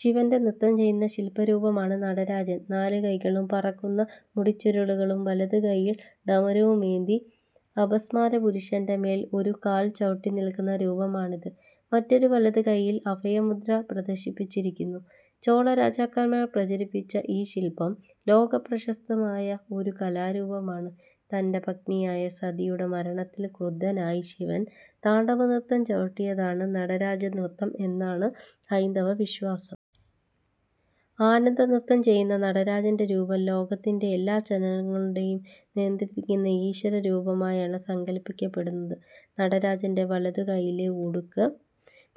ശിവന്റെ നൃത്തം ചെയ്യുന്ന ശിൽപ്പരൂപമാണ് നടരാജൻ. നാല് കൈകളും പറക്കുന്ന മുടിച്ചുരുളുകളും വലതുകൈയിൽ ഡമരുവുമേന്തി അപസ്മാരപുരുഷന്റെ മേൽ ഒരു കാൽ ചവിട്ടിനിൽക്കുന്ന രൂപമാണിത്. മറ്റൊരു വലതുകൈയിൽ അഭയമുദ്ര പ്രദർശിപ്പിച്ചിരിക്കുന്നു. ചോളരാജാക്കന്മാർ പ്രചരിപ്പിച്ച ഈ ശിൽപ്പം ലോകപ്രശസ്തമായ ഒരു കലാരൂപമാണ്. തന്റെ പത്നിയായ സതിയുടെ മരണത്തിൽ ക്രുദ്ധനായി ശിവൻ താണ്ഡവനൃത്തം ചവിട്ടിയതാണ് നടരാജനൃത്തം എന്നാണ് ഹൈന്ദവവിശ്വാസം. ആനന്ദനൃത്തം ചെയ്യുന്ന നടരാജന്റെ രൂപം ലോകത്തിന്റെ എല്ലാ ചലനങ്ങളെയും നിയന്ത്രിക്കുന്ന ഈശ്വരരൂപമായാണ് സങ്കൽപ്പിക്കപ്പെടുന്നത്. നടരാജന്റെ വലതുകൈയിലെ ഉടുക്ക്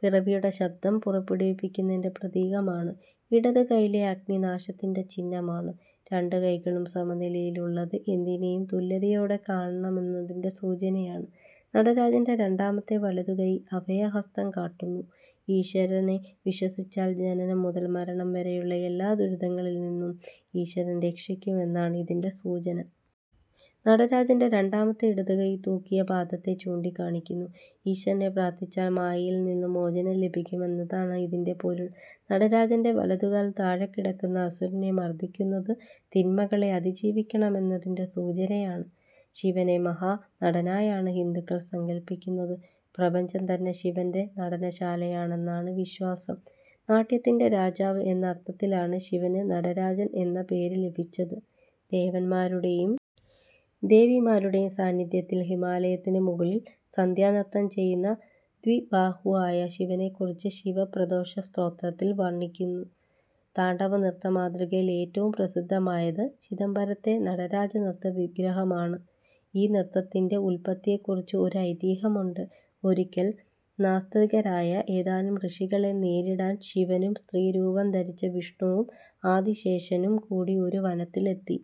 പിറവിയുടെ ശബ്ദം പുറപ്പെടുവിക്കുന്നതിന്റെ പ്രതീകമാണ്. ഇടതുകൈയിലെ അഗ്നി നാശത്തിന്റെ ചിഹ്നമാണ്. രണ്ട് കൈകളും സമനിലയിൽ ഉള്ളത് എന്തിനെയും തുല്യതയോടെ കാണണമെന്നതിന്റെ സൂചനയാണ്. നടരാജന്റെ രണ്ടാമത്തെ വലതുകൈ അഭയഹസ്തം കാട്ടുന്നു. ഈശ്വരനെ വിശ്വസിച്ചാൽ ജനനം മുതൽ മരണം വരെയുള്ള എല്ലാ ദുരന്തങ്ങളിൽനിന്നും ഈശ്വരൻ രക്ഷിക്കും എന്നാണ് ഇതിന്റെ സൂചന. നടരാജന്റെ രണ്ടാമത്തെ ഇടതുകൈ തൂക്കിയ പാദത്തെ ചൂണ്ടിക്കാണിക്കുന്നു. ഈശ്വരനെ പ്രാർഥിച്ചാൽ മായയിൽനിന്ന് മോചനം ലഭിക്കും എന്നതാണ് ഇതിന്റെ പൊരുൾ. നടരാജന്റെ വലതുകാൽ താഴെക്കിടക്കുന്ന അസുരനെ മർദിക്കുന്നത് തിന്മകളെ അതിജീവിക്കണമെന്നതിന്റെ സൂചനയാണ്. ശിവനെ മഹാനടനായാണ് ഹിന്ദുക്കൾ സങ്കൽപ്പിക്കുന്നത്. പ്രപഞ്ചം തന്നെ ശിവന്റെ നടനശാലയാണെന്നാണ് വിശ്വാസം. നാട്യത്തിന്റെ രാജാവ് എന്ന അർഥത്തിലാണ് ശിവന് നടരാജൻ എന്ന പേര് ലഭിച്ചത്. ദേവന്മാരുടെയും ദേവിമാരുടെയും സാന്നിധ്യത്തിൽ ഹിമാലയത്തിന് മുകളിൽ സന്ധ്യാനൃത്തം ചെയ്യുന്ന ദ്വിബാഹുവായ ശിവനെക്കുറിച്ച് ശിവപ്രദോഷസ്തോത്രത്തിൽ വർണിക്കുന്നു. താണ്ഡവനൃത്ത മാതൃകയിൽ ഏറ്റവും പ്രസിദ്ധമായത് ചിദംബരത്തെ നടരാജനൃത്ത വിഗ്രഹമാണ്.ഈ നൃത്തത്തിന്റെ ഉൽപ്പത്തിയെക്കുറിച്ച് ഒരു ഐതിഹ്യമുണ്ട്. ഒരിക്കൽ നാസ്തികരായ ഏതാനും ഋഷികളെ നേരിടാൻ ശിവനും സ്ത്രീരൂപം ധരിച്ച വിഷ്ണുവും ആദിശേഷനും കൂടി ഒരു വനത്തിലെത്തി.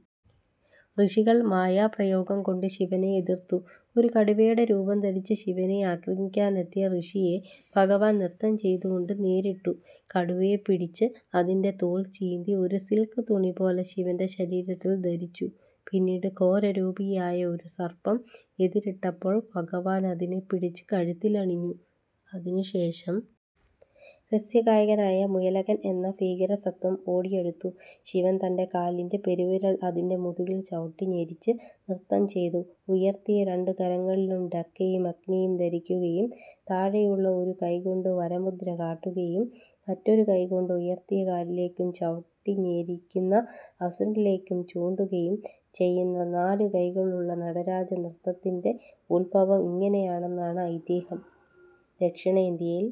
ഋഷികൾ മായാപ്രയോഗംകൊണ്ട് ശിവനെ എതിർത്തു. ഒരു കടുവയുടെ രൂപം ധരിച്ച് ശിവനെ ആക്രമിക്കാനെത്തിയ ഋഷിയെ ഭഗവാൻ നൃത്തം ചെയ്തുകൊണ്ട് നേരിട്ടു. കടുവയെ പിടിച്ച് അതിന്റെ തോൽ ചീന്തി ഒരു സിൽക്ക് തുണിപോലെ ശിവൻ ശരീരത്തിൽ ധരിച്ചു. പിന്നീട് ഘോരരൂപിയായ ഒരു സർപ്പം എതിരിട്ടപ്പോൾ ഭഗവാൻ അതിനെ പിടിച്ച് കഴുത്തിലണിഞ്ഞു. അതിനുശേഷം ഹ്രസ്വകായനായ മുയലകൻ എന്ന ഭീകരസത്വം ഓടിയടുത്തു. ശിവൻ തന്റെ കാലിന്റെ പെരുവിരൽ അതിന്റെ മുതുകിൽ ചവിട്ടിഞെരിച്ച് നൃത്തം ചെയ്തു. ഉയർത്തിയ രണ്ട് കരങ്ങളിലും ഢക്കയും അഗ്നിയും ധരിക്കുകയും താഴെയുള്ള ഒരു കൈകൊണ്ട് വരമുദ്ര കാട്ടുകയും മറ്റൊരു കൈകൊണ്ട് ഉയർത്തിയ കാലിലേക്കും ചവിട്ടിഞെരിക്കുന്ന അസുരനിലേക്കും ചൂണ്ടുകയും ചെയ്യുന്ന നാല് കൈകളുള്ള നടരാജനൃത്തത്തിന്റെ ഉത്ഭവം ഇങ്ങനെയാണെന്നാണ് ഐതിഹ്യം. ദക്ഷിണേന്ത്യയിൽ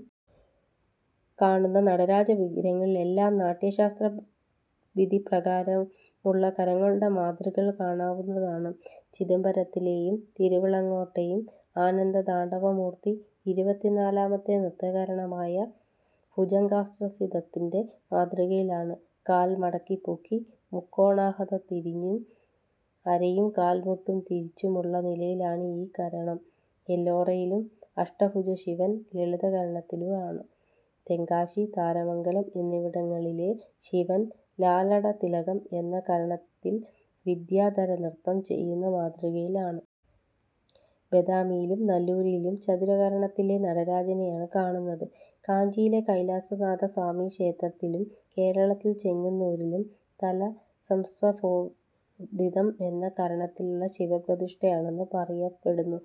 കാണുന്ന നടരാജവിഗ്രഹങ്ങളിൽ എല്ലാം നാട്യശാസ്ത്രവിധിപ്രകാരമുള്ള കരണങ്ങളുടെ മാതൃകകൾ കാണാവുന്നതാണ്. ചിദംബരത്തിലെയും തിരുവിളങ്ങാട്ടെയും ആനന്ദതാണ്ഡവമൂർത്തി ഇരുപത്തിനാലാമത്തെ നൃത്തകരണമായ ഭൂജംഗത്രസിതത്തിന്റെ മാതൃകയിലാണ്. കാൽ മടക്കിപ്പൊക്കി മുക്കോണാഹത തിരിഞ്ഞും അരയും കാൽമുട്ടും തിരിച്ചുമുള്ള നിലയാണ് ഈ കരണം. എല്ലോറയിലും അഷ്ടഭുജശിവൻ ലളിതകരണത്തിലാണ്. തെങ്കാശി, താരമംഗലം എന്നിവിടങ്ങളിലെ ശിവൻ ലലാടതിലകം എന്ന കരണത്തിൽ വിദ്യാധരനൃത്തം ചെയ്യുന്ന മാതൃകയിലാണ്. ബദാമിയിലും നല്ലൂരിലും ചതുരകരണത്തിലെ നടരാജനെയാണ് കാണുന്നത്. കാഞ്ചിയിലെ കൈലാസനാഥസ്വാമിക്ഷേത്രത്തിലും കേരളത്തിൽ ചെങ്ങന്നൂരിലും തലസംസ്ഫോടിതം എന്ന കരണത്തിലുള്ള ശിവപ്രതിഷ്ഠയാണെന്ന് പറയപ്പെടുന്നു.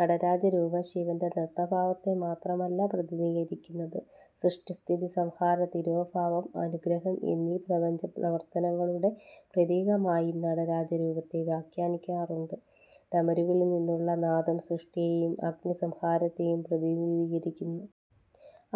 നടരാജരൂപം ശിവന്റെ നൃത്തഭാവത്തെ മാത്രമല്ല പ്രതിനിധീകരിക്കുന്നത്. സൃഷ്ടി സ്ഥിതി സംഹാരം തിരോഭാവം അനുഗ്രഹം എന്നീ പ്രപഞ്ചപ്രവർത്തനങ്ങളുടെ പ്രതീകമായും നടരാജരൂപത്തെ വ്യാഖ്യാനിക്കാറുണ്ട്. ഡമരുവിൽനിന്നുള്ള നാദം സൃഷ്ടിയെയും അഗ്നി സംഹാരത്തെയും പ്രതിനിധീകരിക്കുന്നു.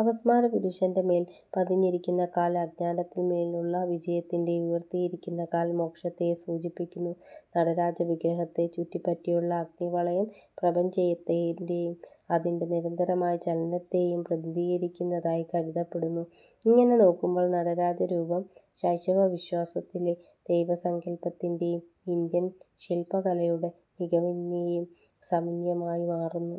അപസ്മാരപുരുഷന്റെ മേൽ പതിഞ്ഞിരിക്കുന്ന കാൽ അജ്ഞാനത്തിനുമേലുള്ള വിജയത്തെയും ഉയർത്തിയിരിക്കുന്ന കാൽ മോക്ഷത്തെയും സൂചിപ്പിക്കുന്നു. നടരാജവിഗ്രഹത്തെ ചുറ്റിപ്പറ്റിയുള്ള അഗ്നിവളയം പ്രപഞ്ചത്തെയും അതിന്റെ നിരന്തരമായ ചലനത്തെയും പ്രതിനിധീകരിക്കുന്നതായി കരുതപ്പെടുന്നു. ഇങ്ങനെ നോക്കുമ്പോൾ നടരാജരൂപം ശൈവവിശ്വാസത്തിലെ ദൈവസങ്കൽപ്പത്തിന്റെയും ഇന്ത്യൻ ശിൽപ്പകലയുടെ മികവിന്റെയും സമന്വയമായി മാറുന്നു.